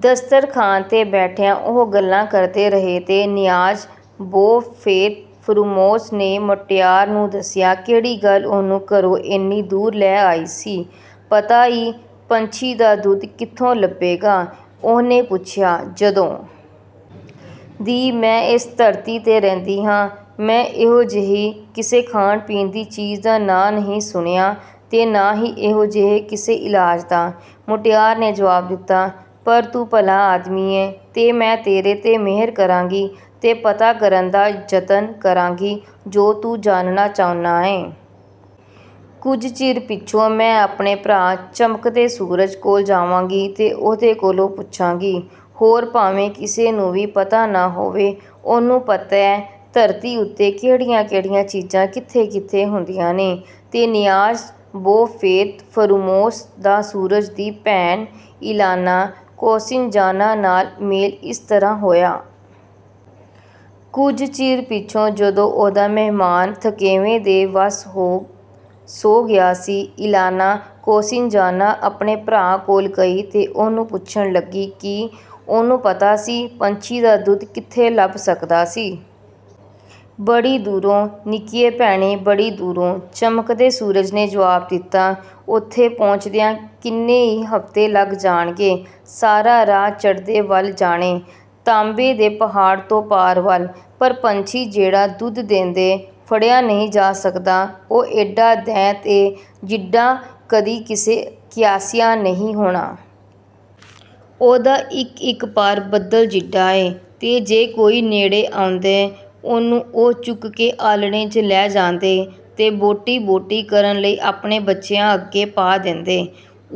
ਦਸਤਰਖ਼ਾਨ 'ਤੇ ਬੈਠਿਆਂ, ਉਹ ਗੱਲਾਂ ਕਰਦੇ ਰਹੇ ਤੇ ਨਿਆਜ਼-ਬੋ ਫ਼ੇਤ-ਫ਼ਰੂਮੋਸ ਨੇ ਮੁਟਿਆਰ ਨੂੰ ਦੱਸਿਆ, ਕਿਹੜੀ ਗੱਲ ਉਹਨੂੰ ਘਰੋਂ ਏਨੀ ਦੂਰ ਲੈ ਆਈ ਸੀ। "ਪਤਾ ਈ, ਪੰਛੀ ਦਾ ਦੁੱਧ ਕਿੱਥੋਂ ਲੱਭੇਗਾ?" ਉਹਨੇ ਪੁੱਛਿਆ। "ਜਦੋਂ ਦੀ ਮੈਂ ਏਸ ਧਰਤੀ 'ਤੇ ਰਹਿੰਦੀ ਆਂ, ਮੈਂ ਇਹੋ ਜਿਹੀ ਕਿਸੇ ਖਾਣ-ਪੀਣ ਦੀ ਚੀਜ਼ ਦਾ ਨਾਂ ਨਹੀਂ ਸੁਣਿਆ ਤੇ ਨਾ ਹੀ ਇਹੋ ਜਿਹੇ ਕਿਸੇ ਇਲਾਜ ਦਾ," ਮੁਟਿਆਰ ਨੇ ਜਵਾਬ ਦਿੱਤਾ, "ਪਰ ਤੂੰ ਭਲਾ ਆਦਮੀ ਏਂ, ਤੇ ਮੈਂ ਤੇਰੇ 'ਤੇ ਮਿਹਰ ਕਰਾਂਗੀ ਤੇ ਪਤਾ ਕਰਨ ਦਾ ਜਤਨ ਕਰਾਂਗੀ, ਜੋ ਤੂੰ ਜਾਣਨਾ ਚਾਹੁੰਨਾ ਏਂ। ਕੁਝ ਚਿਰ ਪਿੱਛੋਂ ਮੈਂ ਆਪਣੇ ਭਰਾ, ਚਮਕਦੇ ਸੂਰਜ, ਕੋਲ ਜਾਵਾਂਗੀ ਤੇ ਉਹਦੇ ਕੋਲੋਂ ਪੁੱਛਾਂਗੀ। ਹੋਰ ਭਾਵੇਂ ਕਿਸੇ ਨੂੰ ਵੀ ਪਤਾ ਨਾ ਹੋਵੇ, ਉਹਨੂੰ ਪਤੈ, ਧਰਤੀ ਉੱਤੇ ਕਿਹੜੀਆਂ-ਕਿਹੜੀਆਂ ਚੀਜ਼ਾਂ ਕਿੱਥੇ-ਕਿੱਥੇ ਹੁੰਦੀਆਂ ਨੇ।" ਤੇ ਨਿਆਜ਼-ਬੋ ਫ਼ੇਤ-ਫ਼ਰੂਮੋਸ ਦਾ ਸੂਰਜ ਦੀ ਭੈਣ, ਇਲਾਨਾ ਕੋਸਿਨਜ਼ਾਨਾ, ਨਾਲ ਮੇਲ ਇਸ ਤਰ੍ਹਾਂ ਹੋਇਆ। ਕੁਝ ਚਿਰ ਪਿੱਛੋਂ ਜਦੋਂ ਉਹਦਾ ਮਹਿਮਾਨ, ਥਕੇਵੇਂ ਦੇ ਵੱਸ ਹੋ, ਸੌ ਗਿਆ ਸੀ, ਇਲਾਨਾ ਕੋਸਿਨਜ਼ਾਨਾ ਆਪਣੇ ਭਰਾ ਕੋਲ ਗਈ ਤੇ ਉਹਨੂੰ ਪੁੱਛਣ ਲੱਗੀ, ਕੀ ਉਹਨੂੰ ਪਤਾ ਸੀ, ਪੰਛੀ ਦਾ ਦੁੱਧ ਕਿੱਥੇ ਲੱਭ ਸਕਦਾ ਸੀ। "ਬੜੀ ਦੂਰੋਂ, ਨਿੱਕੀਏ ਭੈਣੇ, ਬੜੀ ਦੂਰੋਂ," ਚਮਕਦੇ ਸੂਰਜ ਨੇ ਜਵਾਬ ਦਿੱਤਾ, "ਓਥੇ ਪਹੁੰਚਦਿਆਂ ਕਿੰਨੇ ਈ ਹਫ਼ਤੇ ਲੱਗ ਜਾਣਗੇ; ਸਾਰਾ ਰਾਹ ਚੜ੍ਹਦੇ ਵੱਲ ਜਾਣੈ, ਤਾਂਬੇ ਦੇ ਪਹਾੜ ਤੋਂ ਪਾਰ ਵੱਲ। ਪਰ ਪੰਛੀ ਜਿਹੜਾ ਦੁੱਧ ਦੇਂਦੈ, ਫੜਿਆ ਨਹੀਂ ਜਾ ਸਕਦਾ, ਉਹ ਏਡਾ ਦੈਂਤ ਏ, ਜਿੱਡਾ ਕਦੀ ਕਿਸੇ ਕਿਆਸਿਆ ਨਹੀਂ ਹੋਣਾ। ਉਹਦਾ ਇੱਕ-ਇੱਕ ਪਰ ਬੱਦਲ ਜਿੱਡਾ ਏ, ਤੇ ਜੇ ਕੋਈ ਨੇੜੇ ਆਉਂਦੈ, ਉਹਨੂੰ ਉਹ ਚੁੱਕ ਕੇ ਆਲ੍ਹਣੇ 'ਚ ਲੈ ਜਾਂਦੈ ਤੇ ਬੋਟੀ-ਬੋਟੀ ਕਰਨ ਲਈ ਆਪਣੇ ਬੱਚਿਆਂ ਅੱਗੇ ਪਾ ਦੇਂਦੈ।"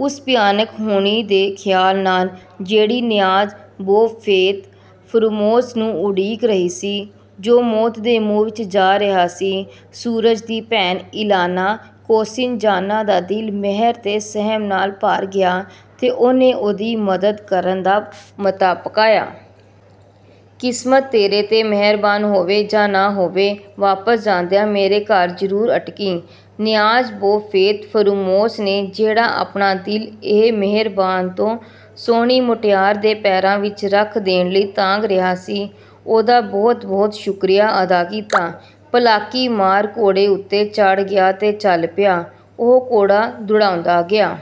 ਉਸ ਭਿਆਨਕ ਹੋਣੀ ਦੇ ਖ਼ਿਆਲ ਨਾਲ, ਜਿਹੜੀ ਨਿਆਜ਼-ਬੋ ਫ਼ੇਤ-ਫ਼ਰੂਮੋਸ ਨੂੰ ਉਡੀਕ ਰਹੀ ਸੀ, ਜੋ ਮੌਤ ਦੇ ਮੂੰਹ ਵਿੱਚ ਜਾ ਰਿਹਾ ਸੀ, ਸੂਰਜ ਦੀ ਭੈਣ, ਇਲਾਨਾ ਕੋਸਿਨਜ਼ਾਨਾ, ਦਾ ਦਿਲ ਮਿਹਰ ਤੇ ਸਹਿਮ ਨਾਲ ਭਰ ਗਿਆ ਤੇ ਉਹਨੇ ਉਹਦੀ ਮਦਦ ਕਰਨ ਦਾ ਮਤਾ ਪਕਾਇਆ। ਕਿਸਮਤ ਤੇਰੇ 'ਤੇ ਮਿਹਰਬਾਨ ਹੋਵੇ ਜਾਂ ਨਾ ਹੋਵੇ, ਵਾਪਸ ਜਾਂਦਿਆਂ ਮੇਰੇ ਘਰ ਜ਼ਰੂਰ ਅਟਕੀਂ।" ਨਿਆਜ਼-ਬੋ ਫ਼ੇਤ-ਫ਼ਰੂਮੋਸ ਨੇ, ਜਿਹੜਾ ਆਪਣਾ ਦਿਲ ਇਹ ਮਿਹਰਬਾਨ ਤੇ ਸੋਹਣੀ ਮੁਟਿਆਰ ਦੇ ਪੈਰਾਂ ਵਿੱਚ ਰੱਖ ਦੇਣ ਲਈ ਤਾਂਘ ਰਿਹਾ ਸੀ, ਉਹਦਾ ਬਹੁਤ-ਬਹੁਤ ਸ਼ੁਕਰੀਆ ਅਦਾ ਕੀਤਾ, ਪਲਾਕੀ ਮਾਰ ਘੋੜੇ ਉੱਤੇ ਚੜ੍ਹ ਗਿਆ ਤੇ ਚੱਲ ਪਿਆ। ਉਹ ਘੋੜਾ ਦੁੜਾਉਂਦਾ ਗਿਆ।